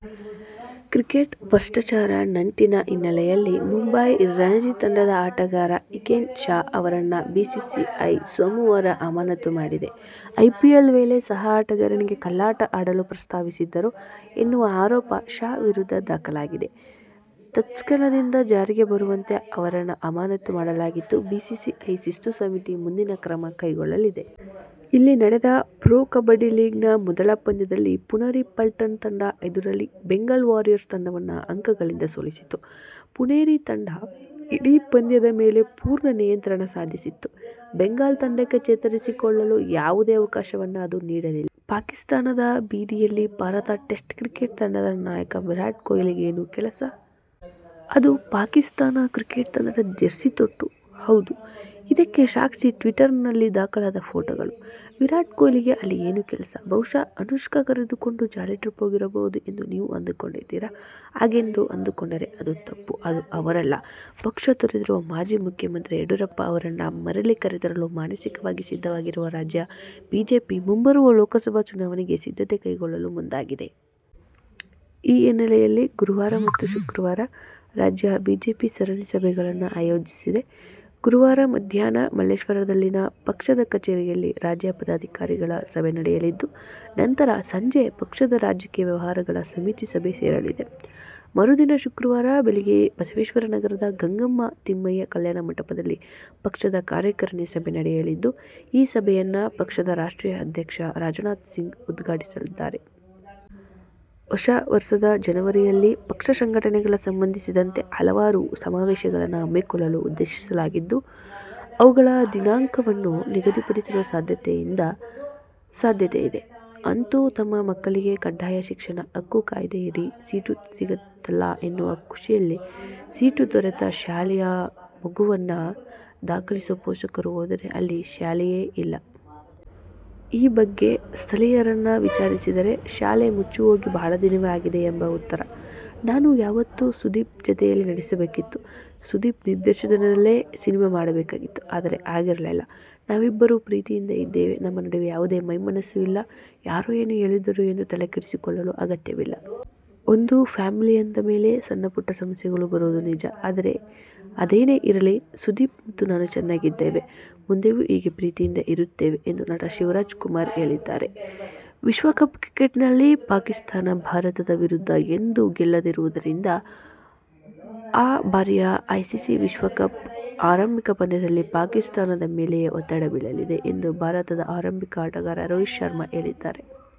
Cricket ಭಷ್ಟಾಚಾರ ನಂಟಿನ ಹಿನ್ನೆಲೆಯಲ್ಲಿ ಮುಂಬಯಿ ರಣಜಿ ತಂಡದ ಆಟಗಾರ ಹಿಕೆನ್ ಶಾ ಅವರನ್ನು ಬಿಸಿಸಿಐ ಸೋಮವಾರ ಅಮಾನತು ಮಾಡಿದೆ. ಐಪಿಎಲ್ ವೇಳೆ ಸಹ ಆಟಗಾರನಿಗೆ ಕಳ್ಳಾಟ ಆಡಲು ಪ್ರಸ್ತಾವಿಸಿದ್ದರು ಎನ್ನುವ ಆರೋಪ ಶಾ ವಿರುದ್ಧ ದಾಖಲಾಗಿದೆ. ತತ್ಕ್ಷಣದಿಂದ ಜಾರಿಗೆ ಬರುವಂತೆ ಅವರನ್ನು ಅಮಾನತು ಮಾಡಲಾಗಿದ್ದು ಬಿಸಿಸಿಐ ಶಿಸ್ತು ಸಮಿತಿ ಮುಂದಿನ ಕ್ರಮ ಕೈಗೊಳ್ಳಲಿದೆ. ಇಲ್ಲಿ ನಡೆದ ಪ್ರೊ ಕಬಡ್ಡಿ ಲೀಗ್ನ ಮೊದಲ ಪಂದ್ಯದಲ್ಲಿ ಪುನೇರಿ ಪಲ್ಟಾನ್ ತಂಡ ಎದುರಾಳಿ ಬೆಂಗಾಲ್ ವಾರಿಯರ್ಸ್ ತಂಡವನ್ನು ಅಂಕಗಳಿಂದ ಸೋಲಿಸಿತು. ಪುನೇರಿ ತಂಡ ಇಡೀ ಪಂದ್ಯದ ಮೇಲೆ ಪೂರ್ಣ ನಿಯಂತ್ರಣ ಸಾಧಿಸಿತ್ತು. ಬೆಂಗಾಲ್ ತಂಡಕ್ಕೆ ಚೇತರಿಸಿಕೊಳ್ಳಲು ಯಾವುದೇ ಅವಕಾಶವನ್ನೂ ಅದು ನೀಡಲಿಲ್ಲ. ಪಾಕಿಸ್ತಾನದ ಬೀದಿಯಲ್ಲಿ ಭಾರತ ಟೆಸ್ಟ್ ಕ್ರಿಕೆಟ್ ತಂಡದ ನಾಯಕ ವಿರಾಟ್ ಕೊಹ್ಲಿಗೇನು ಕೆಲಸ? ಅದೂ ಪಾಕಿಸ್ತಾನ ಕ್ರಿಕೆಟ್ ತಂಡದ ಜೆರ್ಸಿ ತೊಟ್ಟು? ಹೌದು, ಇದಕ್ಕೆ ಸಾಕ್ಷಿ ಟ್ವೀಟರ್ನಲ್ಲಿ ದಾಖಲಾದ ಫೋಟೋಗಳು! ವಿರಾಟ್ ಕೊಹ್ಲಿಗೆ ಅಲ್ಲಿ ಏನು ಕೆಲಸ, ಬಹುಶಃ ಅನುಷ್ಕಾ ಕರೆದುಕೊಂಡು ಜಾಲಿ ಟ್ರಿಪ್ ಹೋಗಿರಬಹುದು ಎಂದು ನೀವು ಅಂದುಕೊಂಡಿದ್ದೀರಾ? ಹಾಗೆಂದು ಅಂದುಕೊಂಡರೆ ಅದು ತಪ್ಪು. ಅದು ಅವರಲ್ಲ. ಪಕ್ಷ ತೊರೆದಿರುವ ಮಾಜಿ ಮುಖ್ಯಮಂತ್ರಿ ಯಡಿಯೂರಪ್ಪ ಅವರನ್ನು ಮರಳಿ ಕರೆತರಲು ಮಾನಸಿಕವಾಗಿ ಸಿದ್ಧವಾಗಿರುವ ರಾಜ್ಯ ಬಿಜೆಪಿ ಮುಂಬರುವ ಲೋಕಸಭಾ ಚುನಾವಣೆಗೆ ಸಿದ್ಧತೆ ಕೈಗೊಳ್ಳಲು ಮುಂದಾಗಿದೆ. ಈ ಹಿನ್ನೆಲೆಯಲ್ಲಿ ಗುರುವಾರ ಮತ್ತು ಶುಕ್ರವಾರ ರಾಜ್ಯ ಬಿಜೆಪಿ ಸರಣಿ ಸಭೆಗಳನ್ನು ಆಯೋಜಿಸಿದೆ. ಗುರುವಾರ ಮಧ್ಯಾಹ್ನ ಮಲ್ಲೇಶ್ವರದಲ್ಲಿನ ಪಕ್ಷದ ಕಚೇರಿಯಲ್ಲಿ ರಾಜ್ಯ ಪದಾಧಿಕಾರಿಗಳ ಸಭೆ ನಡೆಯಲಿದ್ದು, ನಂತರ ಸಂಜೆ ಪಕ್ಷದ ರಾಜಕೀಯ ವ್ಯವಹಾರಗಳ ಸಮಿತಿ ಸಭೆ ಸೇರಲಿದೆ. ಮರುದಿನ ಶುಕ್ರವಾರ ಬೆಳಗ್ಗೆ ಬಸವೇಶ್ವರನಗರದ ಗಂಗಮ್ಮ ತಿಮ್ಮಯ್ಯ ಕಲ್ಯಾಣ ಮಂಟಪದಲ್ಲಿ ಪಕ್ಷದ ಕಾರ್ಯಕಾರಿಣಿ ಸಭೆ ನಡೆಯಲಿದ್ದು, ಈ ಸಭೆಯನ್ನು ಪಕ್ಷದ ರಾಷ್ಟ್ರೀಯ ಅಧ್ಯಕ್ಷ ರಾಜನಾಥ್ ಸಿಂಗ್ ಉದ್ಘಾಟಿಸಲಿದ್ದಾರೆ. ಹೊಸ ವರ್ಷದ ಜನವರಿಯಲ್ಲಿ ಪಕ್ಷ ಸಂಘಟನೆಗೆ ಸಂಬಂಧಿಸಿದಂತೆ ಹಲವಾರು ಸಮಾವೇಶಗಳನ್ನು ಹಮ್ಮಿಕೊಳ್ಳಲು ಉದ್ದೇಶಿಸಲಾಗಿದ್ದು, ಅವುಗಳ ದಿನಾಂಕವನ್ನೂ ನಿಗದಿಪಡಿಸುವ ಸಾಧ್ಯತೆಯಿದೆ. ಅಂತೂ ತಮ್ಮ ಮಕ್ಕಳಿಗೆ ಕಡ್ಡಾಯ ಶಿಕ್ಷಣ ಹಕ್ಕು ಕಾಯ್ದೆಯಡಿ ಸೀಟು ಸಿಕ್ಕಿತಲ್ಲಾ ಎನ್ನುವ ಖುಷಿಯಲ್ಲಿ ಸೀಟು ದೊರೆತ ಶಾಲೆಗೆ ಮಗುವನ್ನು ದಾಖಲಿಸಲು ಪೋಷಕರು ಹೋದರೆ ಅಲ್ಲಿ ಶಾಲೆಯೇ ಇಲ್ಲ! ಈ ಬಗ್ಗೆ ಸ್ಥಳೀಯರನ್ನು ವಿಚಾರಿಸಿದರೆ, ಶಾಲೆ ಮುಚ್ಚಿಹೋಗಿ ಬಹಳ ದಿನವೇ ಆಗಿದೆ ಎಂಬ ಉತ್ತರ! ನಾನು ಯಾವತ್ತೋ ಸುದೀಪ್ ಜತೆಯಲ್ಲಿ ನಟಿಸಬೇಕಿತ್ತು. ಸುದೀಪ್ ನಿರ್ದೇಶನದಲ್ಲೇ ಸಿನಿಮಾ ಮಾಡಬೇಕಿತ್ತು. ಆದರೆ, ಆಗಿರಲಿಲ್ಲ. ನಾವಿಬ್ಬರೂ ಪ್ರೀತಿಯಿಂದ ಇದ್ದೇವೆ. ನಮ್ಮ ನಡುವೆ ಯಾವುದೇ ವೈಮನಸ್ಸು ಇಲ್ಲ. ಯಾರೋ ಏನೋ ಹೇಳುತ್ತಾರೆ ಎಂದು ತಲೆಕೆಡಿಸಿಕೊಳ್ಳುವ ಅಗತ್ಯವಿಲ್ಲ. ಒಂದು ಫ್ಯಾಮಿಲಿ ಅಂದಮೇಲೆ, ಸಣ್ಣಪುಟ್ಟ ಸಮಸ್ಯೆಗಳು ಬರೋದು ನಿಜ. ಅದೇನೆ ಇರಲಿ, ಸುದೀಪ್ ಮತ್ತು ನಾನು ಚೆನ್ನಾಗಿದ್ದೇವೆ. ಮುಂದೆಯೂ ಹೀಗೇ ಪ್ರೀತಿಯಿಂದ ಇರುತ್ತೇವೆ ಎಂದು ನಟ ಶಿವರಾಜಕುಮಾರ್ ಹೇಳಿದ್ದಾರೆ. ವಿಶ್ವಕಪ್ ಕ್ರಿಕೆಟ್ನಲ್ಲಿ ಪಾಕಿಸ್ಥಾನ ಭಾರತದ ವಿರುದ್ಧ ಎಂದೂ ಗೆಲ್ಲದಿರುವುದರಿಂದ ಈ ಬಾರಿಯ ಐಸಿಸಿ ವಿಶ್ವಕಪ್ನ ಆರಂಭಿಕ ಪಂದ್ಯದಲ್ಲಿ ಪಾಕಿಸ್ಥಾನದ ಮೇಲೆಯೇ ಒತ್ತಡ ಬೀಳಲಿದೆ ಎಂದು ಭಾರತದ ಆರಂಭಿಕ ಆಟಗಾರ ರೋಹಿತ್ ಶರ್ಮಾ ಹೇಳಿದ್ದಾರೆ.